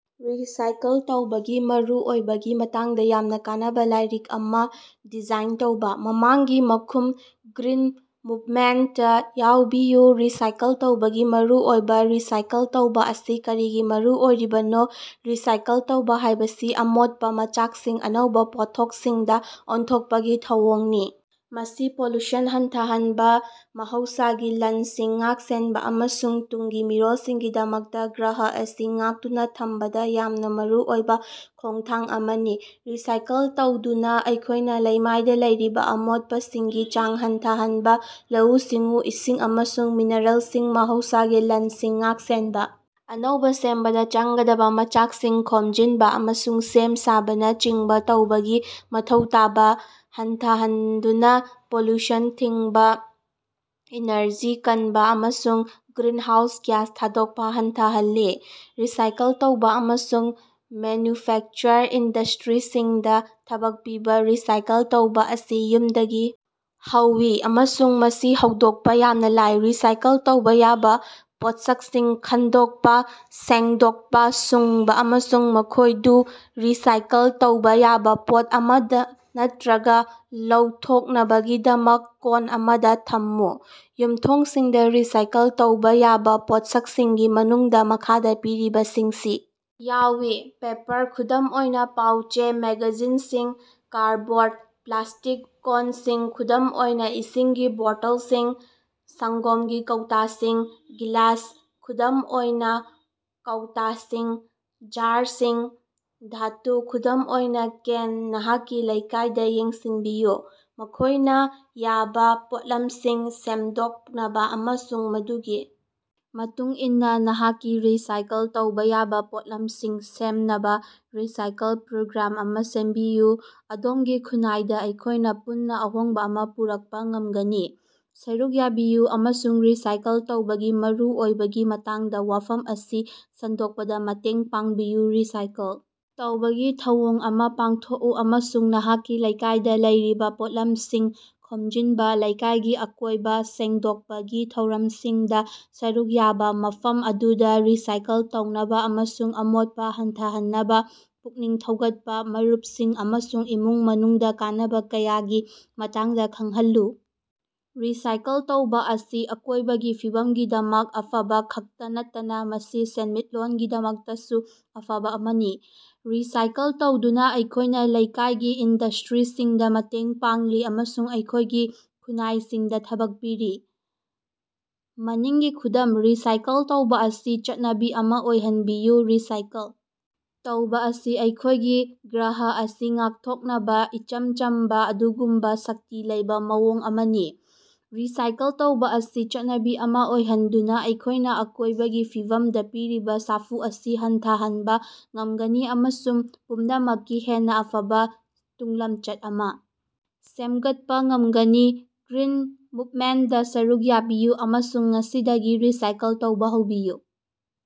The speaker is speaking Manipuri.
ꯔꯤꯁꯥꯏꯀꯜ ꯇꯧꯕꯒꯤ ꯃꯔꯨꯑꯣꯏꯕꯒꯤ ꯃꯇꯥꯡꯗ ꯌꯥꯝꯅ ꯀꯥꯟꯅꯕ ꯂꯥꯏꯔꯤꯛ ꯑꯃ ꯗꯤꯖꯥꯏꯟ ꯇꯧꯕꯥ꯫ ꯃꯃꯥꯡꯒꯤ ꯃꯈꯨꯝ ꯒ꯭ꯔꯤꯟ ꯃꯨꯕꯃꯦꯟꯇꯇꯥ ꯌꯥꯎꯕꯤꯌꯨ ꯔꯤꯁꯥꯏꯀꯜ ꯇꯧꯕꯒꯤ ꯃꯔꯨꯑꯣꯏꯕꯥ ꯔꯤꯁꯥꯏꯀꯜ ꯇꯧꯕꯥ ꯑꯁꯤ ꯀꯔꯤꯒꯤ ꯃꯔꯨ ꯑꯣꯏꯔꯤꯕꯅꯣ ꯔꯤꯁꯥꯏꯀꯜ ꯇꯧꯕꯥ ꯍꯥꯢꯕꯁꯤ ꯑꯃꯣꯠꯄ ꯃꯆꯥꯛꯁꯤꯡ ꯑꯅꯧꯕ ꯄꯣꯠꯊꯣꯛꯁꯤꯡꯗ ꯑꯣꯟꯊꯣꯛꯄꯒꯤ ꯊꯧꯑꯣꯡꯅꯤ꯫ ꯃꯁꯤ ꯄꯣꯂꯨꯁꯟ ꯍꯟꯊꯍꯟꯕ ꯃꯍꯧꯁꯥꯒꯤ ꯂꯟꯁꯤꯡ ꯉꯥꯛ-ꯁꯦꯟꯕ ꯑꯃꯁꯨꯡ ꯇꯨꯡꯒꯤ ꯃꯤꯔꯣꯜꯁꯤꯡꯒꯤ ꯗꯃꯛꯇ ꯒ꯭ꯔꯍ ꯑꯁꯤ ꯉꯥꯛꯇꯨꯅꯥ ꯊꯝꯕꯗ ꯌꯥꯝꯅ ꯃꯔꯨ ꯑꯣꯏꯕꯥ ꯈꯣꯡꯊꯥꯡ ꯑꯃꯅꯤ꯫ ꯔꯤꯁꯥꯏꯀꯜ ꯇꯧꯗꯨꯅꯥ ꯑꯩꯈꯣꯢꯅ ꯂꯩꯃꯥꯏꯗ ꯂꯩꯔꯤꯕ ꯑꯃꯣꯠꯄꯁꯤꯡꯒꯤ ꯆꯥꯡ ꯍꯟꯊꯍꯟꯕ ꯂꯧꯎ-ꯁꯤꯡꯎ ꯏꯁꯤꯡ ꯑꯃꯁꯨꯡ ꯃꯤꯅꯔꯦꯜꯁꯤꯡ ꯃꯍꯧꯁꯥꯒꯤ ꯂꯟꯁꯤꯡ ꯉꯥꯛ-ꯁꯦꯟꯕ ꯑꯅꯧꯕꯥ ꯁꯦꯝꯕꯗ ꯆꯪꯒꯗꯕ ꯃꯆꯥꯛꯁꯤꯡ ꯈꯣꯝꯖꯤꯟꯕ ꯑꯃꯁꯨꯡ ꯁꯦꯝ ꯁꯥꯕꯅ ꯆꯤꯡꯕ ꯇꯧꯕꯒꯤ ꯃꯊꯧ ꯇꯥꯕ ꯍꯟꯊꯍꯟꯗꯨꯅ ꯄꯣꯂꯨꯁꯟ ꯊꯤꯡꯕꯥ ꯏꯅꯔꯖꯤ ꯀꯟꯕ ꯑꯃꯁꯨꯡ ꯒ꯭ꯔꯤꯅꯍꯥꯎꯁ ꯒ꯭ꯌꯥꯁ ꯊꯥꯗꯣꯛꯄ ꯍꯟꯊꯍꯜꯂꯤ꯫ ꯔꯤꯁꯥꯏꯀꯜ ꯇꯧꯕꯥ ꯑꯃꯁꯨꯡ ꯃꯦꯅꯌꯨꯐꯦꯛꯆ ꯏꯟꯗꯁꯇ꯭ꯔꯤꯁꯤꯡꯗ ꯊꯕꯛ ꯄꯤꯕ ꯔꯤꯁꯥꯏꯀꯜ ꯇꯧꯕ ꯑꯁꯤ ꯌꯨꯝꯗꯒꯤ ꯍꯧꯏ ꯑꯃꯁꯨꯡ ꯃꯁꯤ ꯍꯧꯗꯣꯛꯄꯥ ꯌꯥꯝꯅꯥ ꯂꯥꯏ꯫ ꯔꯤꯁꯥꯏꯀꯜ ꯇꯧꯕꯥ ꯌꯥꯕꯥ ꯄꯣꯠꯁꯛꯁꯤꯡ ꯈꯟꯗꯣꯛꯄ ꯁꯦꯡꯗꯣꯛꯄ ꯁꯨꯡꯕ ꯑꯃꯁꯨꯡ ꯃꯈꯣꯢꯗꯨ ꯔꯤꯁꯥꯏꯀꯜ ꯇꯧꯕꯥ ꯌꯥꯕ ꯄꯣꯠ ꯑꯃꯗ ꯅꯠꯇ꯭ꯔꯒ ꯂꯧꯊꯣꯛꯅꯕꯒꯤꯗꯃꯛ ꯀꯣꯟ ꯑꯃꯗ ꯊꯝꯃꯨ꯫ ꯌꯨꯝꯊꯣꯡꯁꯤꯡꯗ ꯔꯤꯁꯥꯏꯀꯜ ꯇꯧꯕꯥ ꯌꯥꯕꯥ ꯄꯣꯠꯁꯛꯁꯤꯡꯒꯤ ꯃꯅꯨꯡꯗꯥ ꯃꯈꯥꯗꯥ ꯄꯤꯔꯤꯕꯁꯤꯡꯁꯤ ꯌꯥꯎꯏ ꯄꯦꯄꯔ ꯈꯨꯗꯝ ꯑꯣꯏꯅꯥ, ꯄꯥꯎ-ꯆꯦ, ꯃꯦꯒꯥꯖꯤꯟꯁꯤꯡ, ꯀꯥꯔꯗꯕꯣꯔꯗ ꯄ꯭ꯂꯥꯁ꯭ꯇꯤꯛ ꯀꯣꯟꯁꯤꯡ ꯈꯨꯗꯝ ꯑꯣꯏꯅꯥ ꯏꯁꯤꯡꯒꯤ ꯕꯣꯇꯜꯁꯤꯡ ꯁꯡꯒꯣꯝꯒꯤ ꯀꯧꯇꯁꯤꯡ ꯒ꯭ꯂꯥꯁ ꯈꯨꯗꯝ ꯑꯣꯏꯅꯥ ꯀꯧꯇꯁꯤꯡ ꯖꯥꯔꯁꯤꯡ ꯙꯥꯇꯨ ꯈꯨꯗꯝ ꯑꯣꯏꯅ ꯀꯦꯟ ꯅꯍꯥꯛꯀꯤ ꯂꯩꯀꯥꯏꯗ ꯌꯦꯡꯁꯤꯟꯕꯤꯎ꯫ ꯃꯈꯣꯢꯅ ꯌꯥꯕ ꯄꯣꯠꯂꯝꯁꯤꯡ ꯁꯦꯝꯗꯣꯛꯅꯕ ꯑꯃꯁꯨꯡ ꯃꯗꯨꯒꯤ ꯃꯇꯨꯡ ꯏꯟꯅ ꯅꯍꯥꯛꯀꯤ ꯔꯤꯁꯥꯏꯀꯜ ꯇꯧꯕꯥ ꯌꯥꯕ ꯄꯣꯠꯂꯝꯁꯤꯡ ꯁꯦꯝꯅꯕ ꯔꯤꯁꯥꯏꯀꯜ ꯄ꯭ꯔꯣꯒ꯭ꯔꯥꯝ ꯑꯃ ꯁꯤꯟꯕꯤꯎ꯫ ꯑꯗꯣꯝꯒꯤ ꯈꯨꯟꯅꯥꯏꯗ ꯑꯩꯈꯣꯢꯅ ꯄꯨꯟꯅ ꯑꯍꯣꯡꯕ ꯑꯃ ꯄꯨꯔꯛꯄ ꯉꯝꯒꯅꯤ꯫ ꯁꯔꯨꯛ ꯌꯥꯕꯤꯌꯨ ꯑꯃꯁꯨꯡ ꯔꯤꯁꯥꯏꯀꯜ ꯇꯧꯕꯒꯤ ꯃꯔꯨꯑꯣꯏꯕꯒꯤ ꯃꯇꯥꯡꯗ ꯋꯥꯐꯝ ꯑꯁꯤ ꯁꯟꯗꯣꯛꯄꯗ ꯃꯇꯦꯡ ꯄꯥꯡꯕꯤꯌꯨ ꯔꯤꯁꯥꯏꯀꯜ ꯇꯧꯕꯒꯤ ꯊꯧꯑꯣꯡ ꯑꯃ ꯄꯥꯡꯊꯣꯛꯎ ꯑꯃꯁꯨꯡ ꯅꯍꯥꯛꯀꯤ ꯂꯩꯀꯥꯏꯗ ꯂꯩꯔꯤꯕꯥ ꯄꯣꯠꯂꯝꯁꯤꯡ ꯈꯣꯝꯖꯤꯟꯕ ꯂꯩꯀꯥꯏꯒꯤ ꯑꯀꯣꯏꯕ ꯁꯦꯡꯗꯣꯛꯄꯒꯤ ꯊꯧꯔꯝꯁꯤꯡꯗ ꯁꯔꯨꯛ ꯌꯥꯕ ꯃꯐꯝ ꯑꯗꯨꯗ ꯔꯤꯁꯥꯏꯀꯜ ꯇꯧꯅꯕꯥ ꯑꯃꯁꯨꯡ ꯑꯃꯣꯠꯄꯥ ꯍꯟꯊꯍꯟꯅꯕꯥ ꯄꯨꯛꯅꯤꯡ ꯊꯧꯒꯠꯄꯥ ꯃꯔꯨꯄꯁꯤꯡ ꯑꯃꯁꯨꯡ ꯏꯃꯨꯡ ꯃꯅꯨꯡꯗꯥ ꯀꯥꯟꯅꯕ ꯀꯌꯥꯒꯤ ꯃꯇꯥꯡꯗꯥ ꯈꯡꯍꯟꯂꯨ꯫ ꯔꯤꯁꯥꯏꯀꯜ ꯇꯧꯕꯥ ꯑꯁꯤ ꯑꯀꯣꯢꯕꯒꯤ ꯐꯤꯕꯝꯒꯤꯗꯃꯛ ꯑꯐꯕꯥ ꯈꯛꯇꯥ ꯅꯠꯇꯅ ꯃꯁꯤ ꯁꯦꯟꯃꯤꯠꯂꯣꯟꯒꯤꯗꯃꯛꯇꯁꯨ ꯑꯐꯕ ꯑꯃꯅꯤ꯫ ꯔꯤꯁꯥꯏꯀꯜ ꯇꯧꯗꯨꯅꯥ ꯑꯩꯈꯣꯢꯅ ꯂꯩꯀꯥꯏꯒꯤ ꯏꯟꯗꯁꯇ꯭ꯔꯤꯁꯤꯡꯗ ꯃꯇꯦꯡ ꯄꯥꯡꯂꯤ ꯑꯃꯁꯨꯡ ꯑꯩꯈꯣꯢꯒꯤ ꯈꯨꯟꯅꯥꯏꯁꯤꯡꯗ ꯊꯕꯛ ꯄꯤꯔꯤ꯫ ꯃꯅꯤꯡꯒꯤ ꯃꯈꯨꯝ ꯔꯤꯁꯥꯏꯀꯜ ꯇꯧꯕꯥ ꯑꯁꯤ ꯆꯠꯅꯕꯤ ꯑꯃꯥ ꯑꯣꯏꯍꯟꯕꯤꯌꯨ ꯔꯤꯁꯥꯏꯀꯜ ꯇꯧꯕꯥ ꯑꯁꯤ ꯑꯩꯈꯣꯢꯒꯤ ꯒ꯭ꯔꯍ ꯑꯁꯤ ꯉꯥꯛꯊꯣꯛꯅꯕ ꯏꯆꯝ ꯆꯝꯕ ꯑꯗꯨꯒꯨꯝꯕ ꯁꯛꯇꯤ ꯂꯩꯕꯥ ꯃꯑꯣꯡ ꯑꯃꯅꯤ꯫ ꯔꯤꯁꯥꯏꯀꯜ ꯇꯧꯕꯥ ꯑꯁꯤ ꯆꯠꯅꯕꯤ ꯑꯃ ꯑꯣꯏꯍꯟꯗꯨꯅ ꯑꯩꯈꯣꯢꯅ ꯑꯀꯣꯢꯕꯒꯤ ꯐꯤꯕꯝꯗ ꯄꯤꯔꯤꯕ ꯁꯥꯐꯨ ꯑꯁꯤ ꯍꯟꯊꯍꯟꯕ ꯉꯝꯒꯅꯤ ꯑꯃꯁꯨꯡ ꯄꯨꯝꯅꯃꯛꯀꯤ ꯍꯦꯟꯅ ꯐꯕ ꯇꯨꯡꯂꯝꯆꯠ ꯑꯃ ꯁꯦꯝꯒꯠꯄ ꯉꯝꯒꯅꯤ꯫ ꯒ꯭ꯔꯤꯟ ꯃꯨꯕꯃꯦꯟꯇꯗ ꯁꯔꯨꯛ ꯌꯥꯕꯤꯌꯨ ꯑꯃꯁꯨꯡ ꯉꯁꯤꯗꯒꯤ ꯔꯤꯁꯥꯏꯀꯜ ꯇꯧꯕꯥ ꯍꯧꯕꯤꯌꯨ꯫